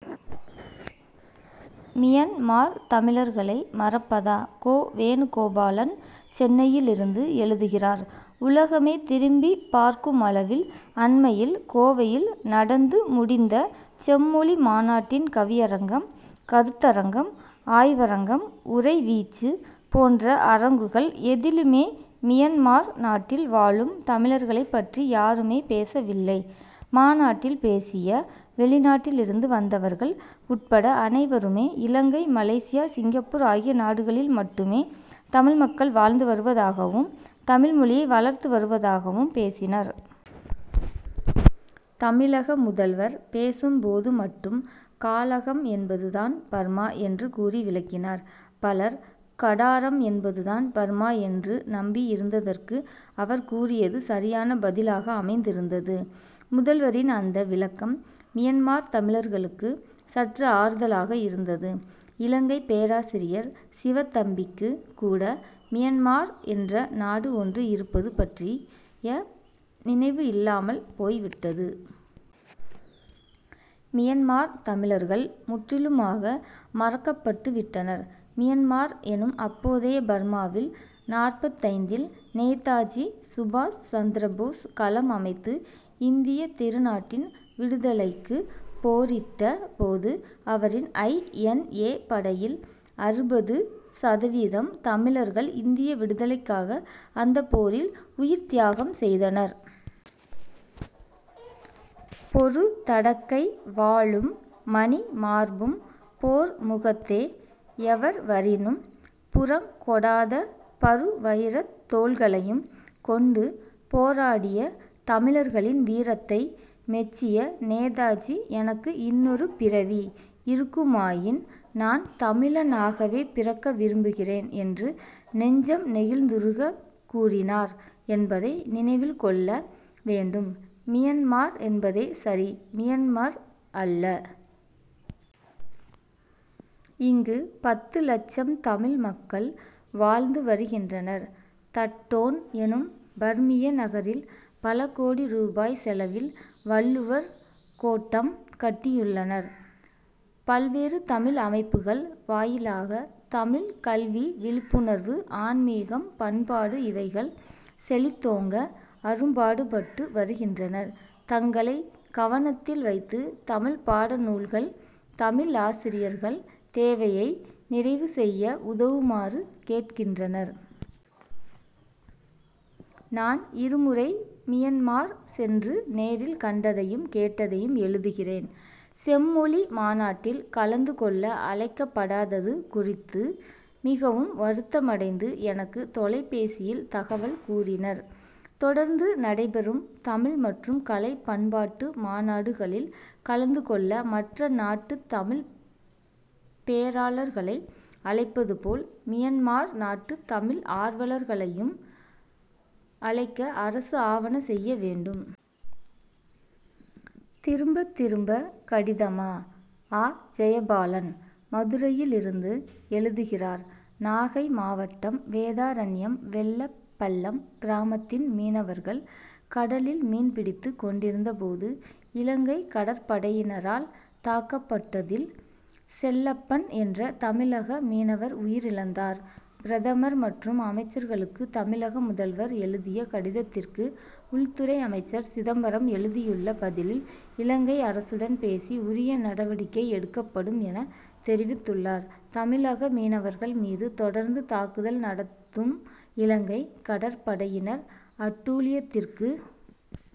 Myanmar தமிழர்களை மறப்பதா? கோ. வேணுகோபாலன், சென்னையிலிருந்து எழுதுகிறார் உலகமே திரும்பிப் பார்க்குமளவில், அண்மையில் கோவையில் நடந்து முடிந்த செம்மொழி மாநாட்டின் கவியரங்கம், கருத்தரங்கம், ஆய்வரங்கம் உரை வீச்சு போன்ற அரங்குகள் எதிலுமே, மியன்மார் நாட்டில் வாழும் தமிழர்களைப் பற்றி யாருமே பேசவில்லை. மாநாட்டில் பேசிய, வெளிநாட்டிலிருந்து வந்தவர்கள் உட்பட அனைவருமே, இலங்கை, மலேசியா, சிங்கப்பூர் ஆகிய நாடுகளில் மட்டுமே தமிழ் மக்கள் வாழ்ந்து வருவதாகவும், தமிழ்மொழியை வளர்த்து வருவதாகவும் பேசினர். தமிழக முதல்வர் பேசும் போது மட்டும், காழகம்' என்பது தான் பர்மா என்று கூறி விளக்கினார். பலர், கடாரம்' என்பது தான் பர்மா என்று நம்பியிருந்ததற்கு, அவர் கூறியது சரியான பதிலாக அமைந்திருந்தது. முதல்வரின் அந்த விளக்கம், மியன்மார் தமிழர்களுக்கு சற்று ஆறுதலாக இருந்தது. இலங்கைப் பேராசிரியர் சிவத்தம்பிக்குக் கூட, மியன்மார்' என்ற நாடு ஒன்று இருப்பது பற்றி ய நினைவு இல்லாமல் போய்விட்டது. மியன்மார் தமிழர்கள், முற்றிலுமாக மறக்கப்பட்டுவிட்டனர். மியன்மார்' எனும் அப்போதைய பர்மா'வில், நாற்பத்தைந்தில், நேதாஜி சுபாஷ் சந்திரபோஸ் களம் அமைத்து, இந்தியத் திருநாட்டின் விடுதலைக்குப் போரிட்ட போது, அவரின் ஐ. என். ஏ., படையில், அறுபது சதவீதம் தமிழர்கள், இந்திய விடுதலைக்காக, அந்தப் போரில் உயிர்த்தியாகம் செய்தனர். பொருதடக்கை வாளும், மணிமார்பும் போர் முகத்தே எவர்வரினும் புறங்கொடாத பருவயிரத் தோள்களையும் கொண்டு போராடிய தமிழர்களின் வீரத்தை மெச்சிய நேதாஜி, எனக்கு இன்னொரு பிறவி இருக்குமாயின், நான் தமிழனாகவே பிறக்க விரும்புகிறேன்' என்று, நெஞ்சம் நெகிழ்ந்துருகக் கூறினார் என்பதை நினைவில் கொள்ள வேண்டும். மியன்மார் என்பதே சரி; மியான்மர் அல்ல. இங்கு பத்து லட்சம் தமிழ் மக்கள் வாழ்ந்து வருகின்றனர். தட்டோன்' எனும் பர்மிய நகரில், பல கோடி ரூபாய் செலவில், வள்ளுவர் கோட்டம் கட்டியுள்ளனர். பல்வேறு தமிழ் அமைப்புகள் வாயிலாக, தமிழ்க் கல்வி விழிப்புணர்வு, ஆன்மிகம், பண்பாடு இவைகள் செழித்தோங்க, அரும்பாடுபட்டு வருகின்றனர். தங்களைக் கவனத்தில் வைத்து, தமிழ்ப்பாட நூல்கள், தமிழாசிரியர்கள் தேவையை நிறைவு செய்ய உதவுமாறு கேட்கின்றனர். நான் இருமுறை மியன்மார் சென்று நேரில் கண்டதையும், கேட்டதையும் எழுதுகிறேன். செம்மொழி மாநாட்டில் கலந்து கொள்ள அழைக்கப்படாதது குறித்து மிகவும் வருத்தமடைந்து, எனக்கு தொலைபேசியில் தகவல் கூறினர். தொடர்ந்து நடைபெறும் தமிழ் மற்றும் கலை பண்பாட்டு மாநாடுகளில் கலந்து கொள்ள, மற்ற நாட்டுத் தமிழ்ப் பேராளர்களை அழைப்பது போல், மியன்மார் நாட்டுத் தமிழ் ஆர்வலர்களையும் அழைக்க, அரசு ஆவன செய்ய வேண்டும். திரும்ப திரும்ப கடிதமா? அ. ஜெயபாலன், மதுரையிலிருந்து எழுதுகிறார் நாகை மாவட்டம் வேதாரண்யம், வெள்ளப்பள்ளம் கிராமத்தின் மீனவர்கள், கடலில் மீன் பிடித்து கொண்டிருந்த போது, இலங்கை கடற்படையினரால் தாக்கப்பட்டதில், செல்லப்பன் என்ற தமிழக மீனவர் உயிரிழந்தார். பிரதமர் மற்றும் அமைச்சர்களுக்கு, தமிழக முதல்வர் எழுதிய கடிதத்திற்கு, உள்துறை அமைச்சர் சிதம்பரம் எழுதியுள்ள பதிலில், இலங்கை அரசுடன் பேசி உரிய நடவடிக்கை எடுக்கப்படும்' என தெரிவித்துள்ளார். தமிழக மீனவர்கள் மீது தொடர்ந்து தாக்குதல் நடத்தும் இலங்கை கடற்படையினர் அட்டூழியத்திற்கு